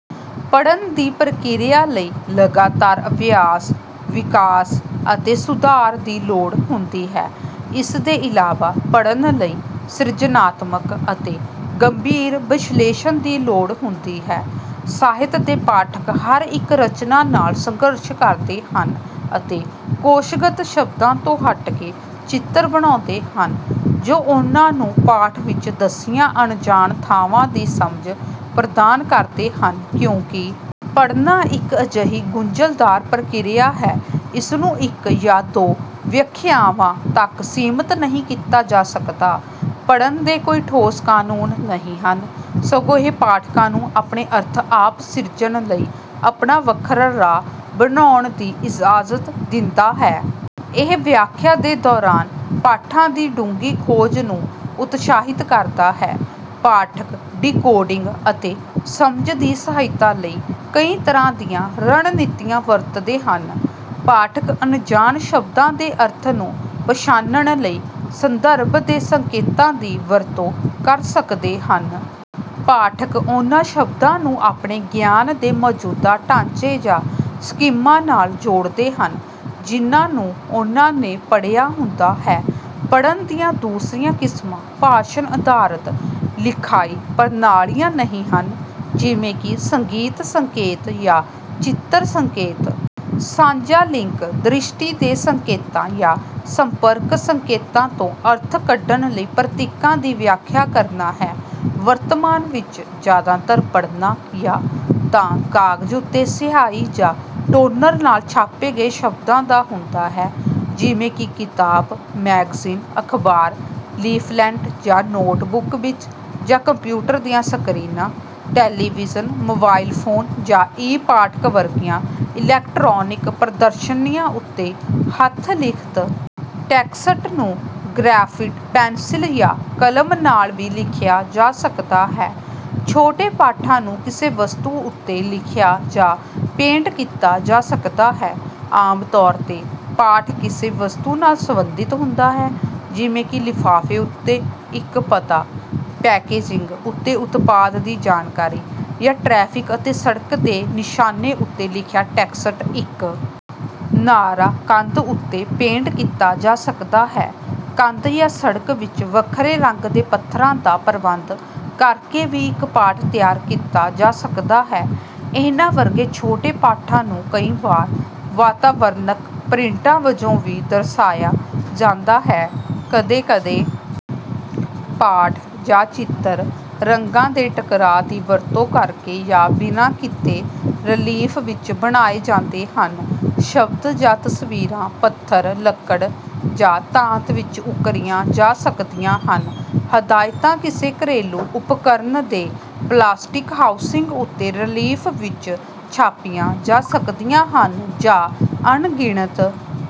ਪੜ੍ਹਨ ਦੀ ਪ੍ਰਕਿਰਿਆ ਲਈ ਲਗਾਤਾਰ ਅਭਿਆਸ, ਵਿਕਾਸ ਅਤੇ ਸੁਧਾਰ ਦੀ ਲੋੜ ਹੁੰਦੀ ਹੈ। ਇਸ ਦੇ ਇਲਾਵਾ, ਪੜ੍ਹਨ ਲਈ ਸਿਰਜਣਾਤਮਕ ਅਤੇ ਗੰਭੀਰ ਵਿਸ਼ਲੇਸ਼ਣ ਦੀ ਲੋੜ ਹੁੰਦੀ ਹੈ। ਸਾਹਿਤ ਦੇ ਪਾਠਕ ਹਰ ਇੱਕ ਰਚਨਾ ਨਾਲ ਸੰਘਰਸ਼ ਕਰਦੇ ਹਨ ਅਤੇ ਕੋਸ਼ਗਤ ਸ਼ਬਦਾਂ ਤੋਂ ਹਟ ਕੇ ਚਿੱਤਰ ਬਣਾਉਂਦੇ ਹਨ, ਜੋ ਉਨ੍ਹਾਂ ਨੂੰ ਪਾਠ ਵਿੱਚ ਦੱਸੀਆਂ ਅਣਜਾਣ ਥਾਵਾਂ ਦੀ ਸਮਝ ਪ੍ਰਦਾਨ ਕਰਦੇ ਹਨ। ਕਿਉਂਕਿ ਪੜ੍ਹਨਾ ਇੱਕ ਅਜਿਹੀ ਗੁੰਝਲਦਾਰ ਪ੍ਰਕਿਰਿਆ ਹੈ, ਇਸ ਨੂੰ ਇੱਕ ਜਾਂ ਦੋ ਵਿਆਖਿਆਵਾਂ ਤੱਕ ਸੀਮਤ ਨਹੀਂ ਕੀਤਾ ਜਾ ਸਕਦਾ। ਪੜ੍ਹਨ ਦੇ ਕੋਈ ਠੋਸ ਕਾਨੂੰਨ ਨਹੀਂ ਹਨ, ਸਗੋਂ ਇਹ ਪਾਠਕਾਂ ਨੂੰ ਆਪਣੇ ਅਰਥ ਆਪ ਸਿਰਜਣ ਲਈ ਆਪਣਾ ਵੱਖਰਾ ਰਾਹ ਬਣਾਉਣ ਦੀ ਇਜਾਜ਼ਤ ਦਿੰਦਾ ਹੈ। ਇਹ ਵਿਆਖਿਆ ਦੇ ਦੌਰਾਨ ਪਾਠਾਂ ਦੀ ਡੂੰਘੀ ਖੋਜ ਨੂੰ ਉਤਸ਼ਾਹਿਤ ਕਰਦਾ ਹੈ। ਪਾਠਕ ਡੀਕੋਡਿੰਗ ਅਤੇ ਸਮਝ ਦੀ ਸਹਾਇਤਾ ਲਈ ਕਈ ਤਰ੍ਹਾਂ ਦੀਆਂ ਰਣਨੀਤੀਆਂ ਵਰਤਦੇ ਹਨ। ਪਾਠਕ ਅਣਜਾਣ ਸ਼ਬਦਾਂ ਦੇ ਅਰਥ ਨੂੰ ਪਛਾਣਨ ਲਈ ਸੰਦਰਭ ਦੇ ਸੰਕੇਤਾਂ ਦੀ ਵਰਤੋਂ ਕਰ ਸਕਦੇ ਹਨ। ਪਾਠਕ ਉਹਨਾਂ ਸ਼ਬਦਾਂ ਨੂੰ ਆਪਣੇ ਗਿਆਨ ਦੇ ਮੌਜੂਦਾ ਢਾਂਚੇ ਜਾਂ ਸਕੀਮਾ ਨਾਲ ਜੋੜਦੇ ਹਨ, ਜਿਨ੍ਹਾਂ ਨੂੰ ਉਨ੍ਹਾਂ ਨੇ ਪੜ੍ਹਿਆ ਹੁੰਦਾ ਹੈ। ਪੜ੍ਹਨ ਦੀਆਂ ਦੂਸਰੀਆਂ ਕਿਸਮਾਂ ਭਾਸ਼ਣ-ਅਧਾਰਿਤ ਲਿਖਾਈ ਪ੍ਰਣਾਲੀਆਂ ਨਹੀਂ ਹਨ, ਜਿਵੇਂ ਕਿ ਸੰਗੀਤ-ਸੰਕੇਤ ਜਾਂ ਚਿੱਤਰ-ਸੰਕੇਤ। ਸਾਂਝਾ ਲਿੰਕ ਦ੍ਰਿਸ਼ਟੀ ਦੇ ਸੰਕੇਤਾਂ ਜਾਂ ਸੰਪਰਕ ਸੰਕੇਤਾਂ ਤੋਂ ਅਰਥ ਕੱਢਣ ਲਈ ਪ੍ਰਤੀਕਾਂ ਦੀ ਵਿਆਖਿਆ ਕਰਨਾ ਹੈ। ਵਰਤਮਾਨ ਵਿੱਚ ਜ਼ਿਆਦਾਤਰ ਪੜ੍ਹਨਾ ਜਾਂ ਤਾਂ ਕਾਗਜ਼ ਉੱਤੇ ਸਿਆਹੀ ਜਾਂ ਟੋਨਰ ਨਾਲ ਛਾਪੇ ਗਏ ਸ਼ਬਦਾਂ ਦਾ ਹੁੰਦਾ ਹੈ, ਜਿਵੇਂ ਕਿ ਕਿਤਾਬ, ਮੈਗਜ਼ੀਨ, ਅਖ਼ਬਾਰ, ਲੀਫ਼ਲੈਟ ਜਾਂ ਨੋਟਬੁੱਕ ਵਿੱਚ, ਜਾਂ ਕੰਪਿਊਟਰ ਦੀਆਂ ਸਕ੍ਰੀਨਾਂ, ਟੈਲੀਵਿਜ਼ਨ, ਮੋਬਾਈਲ ਫ਼ੋਨ ਜਾਂ ਈ-ਪਾਠਕ ਵਰਗੀਆਂ ਇਲੈਕਟ੍ਰਾਨਿਕ ਪ੍ਰਦਰਸ਼ਨੀਆਂ ਉੱਤੇ। ਹੱਥ-ਲਿਖਤ ਟੈਕਸਟ ਨੂੰ ਗ੍ਰੈਫਾਈਟ ਪੈਨਸਿਲ ਜਾਂ ਕਲਮ ਨਾਲ ਵੀ ਲਿਖਿਆ ਜਾ ਸਕਦਾ ਹੈ। ਛੋਟੇ ਪਾਠਾਂ ਨੂੰ ਕਿਸੇ ਵਸਤੂ ਉੱਤੇ ਲਿਖਿਆ ਜਾਂ ਪੇਂਟ ਕੀਤਾ ਜਾ ਸਕਦਾ ਹੈ। ਆਮ ਤੌਰ ’ਤੇ ਪਾਠ ਕਿਸੇ ਵਸਤੂ ਨਾਲ ਸਬੰਧਤ ਹੁੰਦਾ ਹੈ, ਜਿਵੇਂ ਕਿ ਲਿਫ਼ਾਫ਼ੇ ਉੱਤੇ ਇੱਕ ਪਤਾ, ਪੈਕੇਜਿੰਗ ਉੱਤੇ ਉਤਪਾਦ ਦੀ ਜਾਣਕਾਰੀ, ਜਾਂ ਟ੍ਰੈਫ਼ਿਕ ਅਤੇ ਸੜਕ ਦੇ ਨਿਸ਼ਾਨੇਂ ਉੱਤੇ ਲਿਖਿਆ ਟੈਕਸਟ। ਇੱਕ ਨਾਅਰਾ ਕੰਧ ਉੱਤੇ ਪੇਂਟ ਕੀਤਾ ਜਾ ਸਕਦਾ ਹੈ। ਕੰਧ ਜਾਂ ਸੜਕ ਵਿੱਚ ਵੱਖਰੇ ਰੰਗ ਦੇ ਪੱਥਰਾਂ ਦਾ ਪ੍ਰਬੰਧ ਕਰਕੇ ਵੀ ਇੱਕ ਪਾਠ ਤਿਆਰ ਕੀਤਾ ਜਾ ਸਕਦਾ ਹੈ। ਇਹਨਾਂ ਵਰਗੇ ਛੋਟੇ ਪਾਠਾਂ ਨੂੰ ਕਈ ਵਾਰ ਵਾਤਾਵਰਣਕ ਪ੍ਰਿੰਟਾਂ ਵਜੋਂ ਵੀ ਦਰਸਾਇਆ ਜਾਂਦਾ ਹੈ। ਕਦੇ-ਕਦੇ ਪਾਠ ਜਾਂ ਚਿੱਤਰ ਰੰਗਾਂ ਦੇ ਟਕਰਾਅ ਦੀ ਵਰਤੋਂ ਕਰਕੇ ਜਾਂ ਬਿਨਾਂ ਕੀਤੇ, ਰਿਲੀਫ਼ ਵਿੱਚ ਬਣਾਏ ਜਾਂਦੇ ਹਨ। ਸ਼ਬਦ ਜਾਂ ਤਸਵੀਰਾਂ ਪੱਥਰ, ਲੱਕੜ ਜਾਂ ਧਾਤ ਵਿੱਚ ਉੱਕਰੀਆਂ ਜਾ ਸਕਦੀਆਂ ਹਨ। ਹਦਾਇਤਾਂ ਕਿਸੇ ਘਰੇਲੂ ਉਪਕਰਣ ਦੇ ਪਲਾਸਟਿਕ ਹਾਊਸਿੰਗ ਉੱਤੇ ਰਿਲੀਫ਼ ਵਿੱਚ ਛਾਪੀਆਂ ਜਾ ਸਕਦੀਆਂ ਹਨ। ਜਾਂ ਅਣਗਿਣਤ...